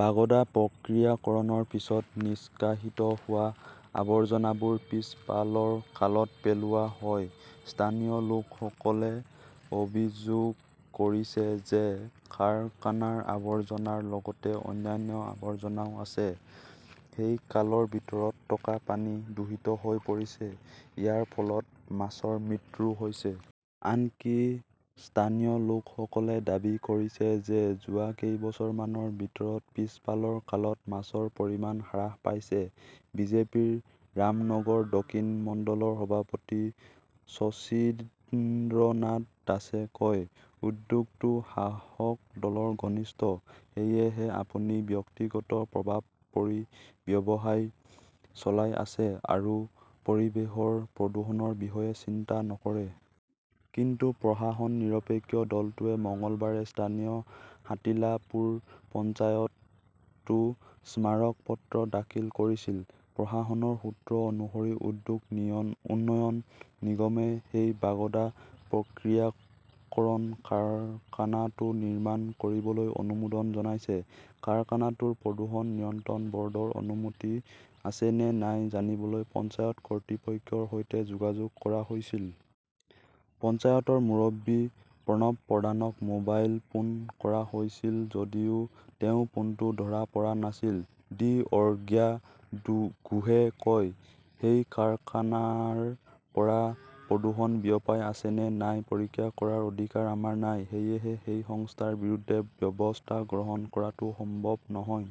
বাগদা প্ৰক্ৰিয়াকৰণৰ পিছত নিষ্কাশিত হোৱা আৱৰ্জনাবোৰ পিছফালৰ খালত পেলোৱা হয়। স্থানীয় লোকসকলে অভিযোগ কৰিছে যে কাৰখানাৰ আৱৰ্জনাৰ লগতে অন্যান্য আৱৰ্জনাও আছে। সেই খালৰ ভিতৰত থকা পানী দূষিত হৈ পৰিছে। ইয়াৰ ফলত মাছৰ মৃত্যু হৈছে। আনকি স্থানীয় লোকসকলে দাবী কৰিছে যে যোৱা কেইবছৰমানৰ ভিতৰত পিছফালৰ খালত মাছৰ পৰিমাণ হ্ৰাস পাইছে। বিজেপিৰ ৰামনগৰ- দক্ষিণ মণ্ডলৰ সভাপতি শশীন্দ্ৰনাথ দাসে কয়, উদ্যোগটো শাসক দলৰ ঘনিষ্ঠ। সেয়েহে আপুনি ব্যক্তিগত প্ৰভাৱ পৰি ব্যৱসায় চলাই আছে আৰু পৰিৱেশৰ প্ৰদূষণৰ বিষয়ে চিন্তা নকৰে। কিন্তু প্ৰশাসন নিৰপেক্ষ। দলটোৱে মঙলবাৰে স্থানীয় সাতিলাপুৰ পঞ্চায়ততো স্মাৰক পত্ৰ দাখিল কৰিছিল। প্ৰশাসনৰ সূত্ৰ অনুসৰি, উদ্যোগ উন্নয়ন নিগমে সেই বাগদা প্ৰক্ৰিয়াকৰণ কাৰখানাটো নিৰ্মাণ কৰিবলৈ অনুমোদন জনাইছে। কাৰখানাটোৰ প্ৰদূষণ নিয়ন্ত্ৰণ বৰ্ডৰ অনুমতি আছে নে নাই জানিবলৈ পঞ্চায়ত কৰ্তৃপক্ষৰ সৈতে যোগাযোগ কৰা হৈছিল। পঞ্চায়তৰ মুৰব্বী প্ৰণৱ প্ৰধানক মোবাইল ফোন কৰা হৈছিল যদিও তেওঁ ফোনটো ধৰা পৰা নাছিল। ডি. অৰ্গ্যা ঘোষে কয়, সেই কাৰখানাৰ পৰা প্ৰদূষণ বিয়পাই আছে নে নাই পৰীক্ষা কৰাৰ অধিকাৰ আমাৰ নাই। সেয়েহে সেই সংস্থাৰ বিৰুদ্ধে ব্যৱস্থা গ্ৰহণ কৰাটো সম্ভৱ নহয়।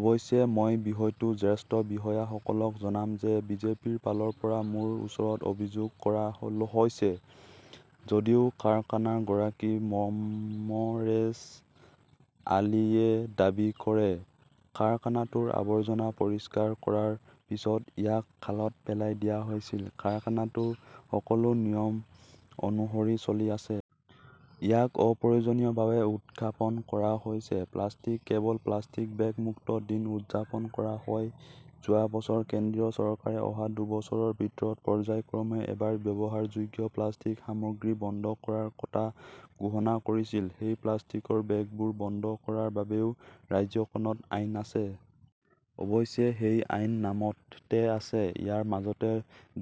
অৱশ্যে, মই বিষয়টো জ্যেষ্ঠ বিষয়াসকলক জনাম যে বিজেপিৰ ফালৰ পৰা মোৰ ওচৰত অভিযোগ কৰা হৈছে। যদিও কাৰখানাৰ গৰাকী মমৰেজ আলীয়ে দাবী কৰে, কাৰখানাটোৰ আৱৰ্জনা পৰিষ্কাৰ কৰাৰ পিছত ইয়াক খালত পেলাই দিয়া হৈছিল। কাৰখানাটো সকলো নিয়ম অনুসৰি চলি আছে। ইয়াক অপ্ৰয়োজনীয়ভাৱে উত্থাপন কৰা হৈছে। প্লাষ্টিক কেৱল প্লাষ্টিক বেগ-মুক্ত দিন উদযাপন কৰা হয় যোৱা বছৰ কেন্দ্ৰীয় চৰকাৰে অহা দুবছৰৰ ভিতৰত পৰ্য্যায়ক্ৰমে এবাৰ ব্যৱহাৰযোগ্য প্লাষ্টিক সামগ্ৰী বন্ধ কৰাৰ কথা ঘোষণা কৰিছিল। সেই প্লাষ্টিকৰ বেগবোৰ বন্ধ কৰাৰ বাবেও ৰাজ্যখনত আইন আছে। অৱশ্যে সেই আইন নামতে আছে। ইয়াৰ মাজতে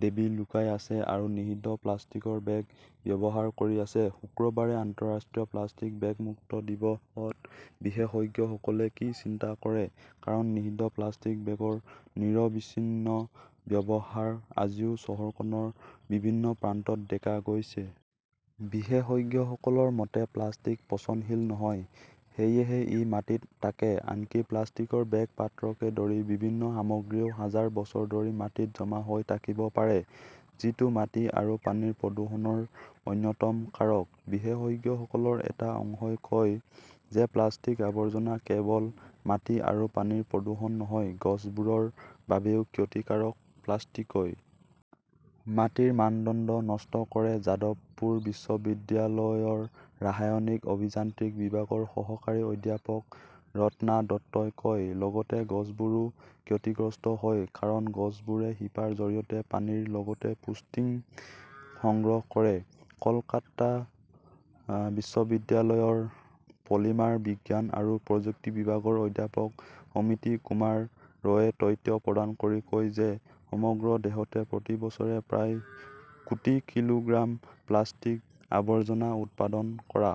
দেৱী লুকাই আছে আৰু নিষিদ্ধ প্লাষ্টিকৰ বেগ ব্যৱহাৰ কৰি আছে। শুক্ৰবাৰে, আন্তঃৰাষ্ট্ৰীয় প্লাষ্টিক বেগ-মুক্ত দিৱস ত বিশেষজ্ঞসকলে কি চিন্তা কৰে। কাৰণ, নিষিদ্ধ প্লাষ্টিক বেগৰ নিৰবিচ্ছিন্ন ব্যৱহাৰ আজিও চহৰখনৰ বিভিন্ন প্ৰান্তত দেখা গৈছে। বিশেষজ্ঞসকলৰ মতে, প্লাষ্টিক পচনশীল নহয়। সেয়েহে ই মাটিত থাকে। আনকি প্লাষ্টিকৰ বেগ, পাত্ৰকে ধৰি বিভিন্ন সামগ্ৰীও হাজাৰ বছৰ ধৰি মাটিত জমা হৈ থাকিব পাৰে। যিটো মাটি আৰু পানীৰ প্ৰদূষণৰ অন্যতম কাৰক। বিশেষজ্ঞসকলৰ এটা অংশই কয় যে প্লাষ্টিকৰ আৱৰ্জনা কেৱল মাটি আৰু পানীৰ প্ৰদূষণ নহয়, গছবোৰৰ বাবেও ক্ষতিকাৰক। প্লাষ্টিকই মাটিৰ মানদণ্ড নষ্ট কৰে, যাদৱপুৰ বিশ্ববিদ্যালয়ৰ ৰাসায়নিক অভিযান্ত্ৰিক বিভাগৰ সহকাৰী অধ্যাপক ৰত্না দত্তই কয়। লগতে গছবোৰো ক্ষতিগ্ৰস্ত হয়। কাৰণ, গছবোৰে শিপাৰ জৰিয়তে পানীৰ লগতে পুষ্টিও সংগ্ৰহ কৰে। কলকাতা বিশ্ববিদ্যালয়ৰ পলিমাৰ বিজ্ঞান আৰু প্ৰযুক্তি বিভাগৰ অধ্যাপক সমিতি কুমাৰ ৰয়ে তথ্য প্ৰদান কৰি কয় যে সমগ্ৰ দেশতে প্ৰতি বছৰে প্ৰায় কোটি কিলোগ্ৰাম প্লাষ্টিক-আৱৰ্জনা উৎপাদন কৰা।